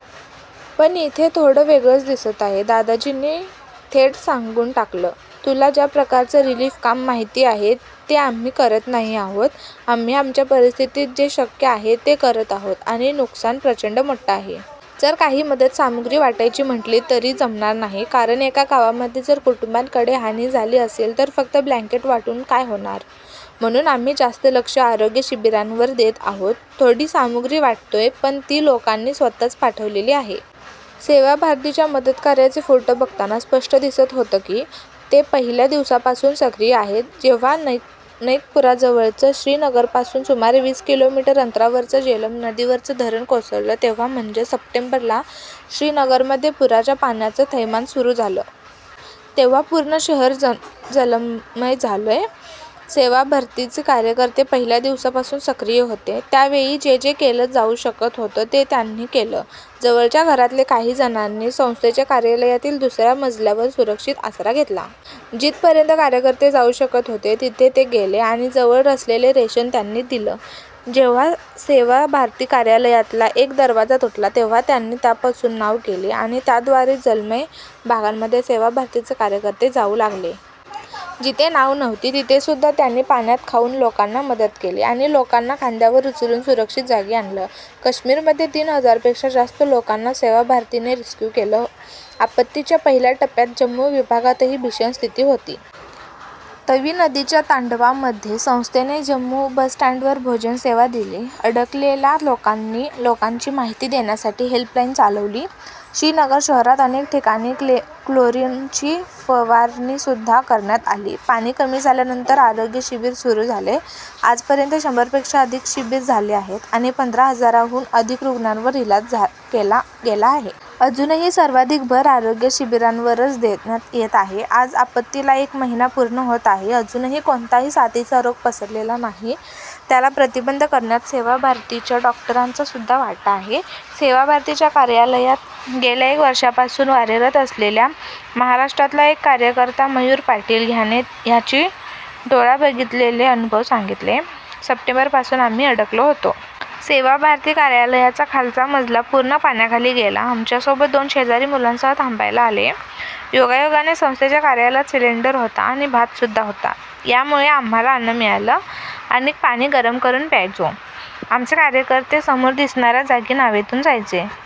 पण इथे थोडं वेगळंच दिसत आहे. दादाजींनी थेट सांगून टाकलं- 'तुला ज्या प्रकारचं रिलिफ काम माहिती आहे, ते आम्ही करत नाही आहोत. आम्ही आमच्या परिस्थितीत जे शक्य आहे, ते करत आहोत. आणि नुकसान प्रचंड मोठं आहे. जर काही मदत सामुग्री वाटायची म्हंटली तरी जमणार नाही. कारण एका गावामध्ये जर कुटुंबांकडे हानी झाली असेल तर फक्त ब्लँकेट वाटून काय होणार? म्हणून आम्ही जास्त लक्ष आरोग्य शिबिरांवर देत आहोत. थोडी सामुग्री वाटतोय, पण ती लोकांनी स्वत:च पाठवलेली आहे. 'सेवा भारतीच्या मदतकार्याचे फोटो बघताना स्पष्ट दिसत होतं की, ते पहिल्या दिवसापासून सक्रिय आहेत. जेव्हा नैकपूराजवळचं- श्रीनगरपासून सुमारे वीस किलोमीटर अंतरावरचं जेलम नदीवरचं धरण कोसळलं तेव्हा म्हणजे सप्टेंबरला श्रीनगरमध्ये पुराच्या पाण्याचं थैमान सुरू झालं. तेव्हा पूर्ण शहर जलमय झालं. सेवा भारतीचे कार्यकर्ते पहिल्या दिवसापासून सक्रिय होते. त्या वेळी जे जे केलं जाऊ शकत होतं ते त्यांनी केलं. जवळच्या घरातले काही जणांनी संस्थेच्या कार्यालयातील दुस-या मजल्यावर सुरक्षित आसरा घेतला. जिथपर्यंत कार्यकर्ते जाऊ शकत होते, तिथे ते गेले आणि जवळ असलेलं रेशन त्यांनी दिलं. जेव्हा सेवा भारती कार्यालयातला एक दरवाजा तुटला, तेव्हा त्यांनी त्यापासून नाव केली आणि त्याद्वारे जलमय भागांमध्ये सेवा भारतीचे कार्यकर्ते जाऊ लागले. जिथे नाव नव्हती, तिथेसुद्धा त्यांनी पाण्यात जाऊन लोकांना मदत केली आणि लोकांना खांद्यांवर उचलून सुरक्षित जागी आणलं. कश्मीरमध्ये तीन हजारपेक्षा जास्त लोकांना सेवा भारतीने रिस्क्यू केलं. आपत्तीच्या पहिल्या टप्प्यात जम्मू विभागातही भीषण स्थिती होती. तवी नदीच्या तांडवामध्ये संस्थेने जम्मू बस स्टँडवर भोजन सेवा दिली. अडकलेल्या लोकांची माहिती देण्यासाठी हेल्पलाईन चालवली. श्रीनगर शहरात अनेक ठिकाणी क्लोरिनची फवारणीसुद्धा करण्यात आली. पाणी कमी झाल्यानंतर आरोग्य शिबिर सुरू झाले. आजपर्यंत शंभरपेक्षा अधिक शिबिर झाले आहेत आणि पंधरा हजारांहून अधिक रुग्णांवर इलाज केला गेला आहे. अजूनही सर्वाधिक भर आरोग्य शिबिरांवरच देण्यात येत आहे. आज आपत्तीला एक महिना पूर्ण होत आहे. अजूनही कोणताही साथीचा रोग पसरलेला नाही. त्याला प्रतिबंध करण्यात सेवा भारतीच्या डॉक्टरांचासुद्धा वाटा आहे. सेवा भारतीच्या कार्यालयात गेल्या एक वर्षापासून कार्यरत असलेला महाराष्ट्रातला एक कार्यकर्ता- मयूर पाटील ह्याने ह्याची डोळा बघितलेले अनुभव सांगितले- " सप्टेंबरपासून आम्ही अडकलो होतो. सेवा भारती कार्यालयाचा खालचा मजला पूर्ण पाण्याखाली गेला. आमच्यासोबत दोन शेजारी मुलांसह थांबायला आले. योगायोगाने संस्थेच्या कार्यालयात सिलेंडर होता आणि भातसुद्धा होता. त्यामुळे आम्हाला अन्न मिळालं. आम्ही पाणी गरम करून प्यायचो. आमचे कार्यकर्ते समोर दिसणा-या जागी नावेतून जायचे.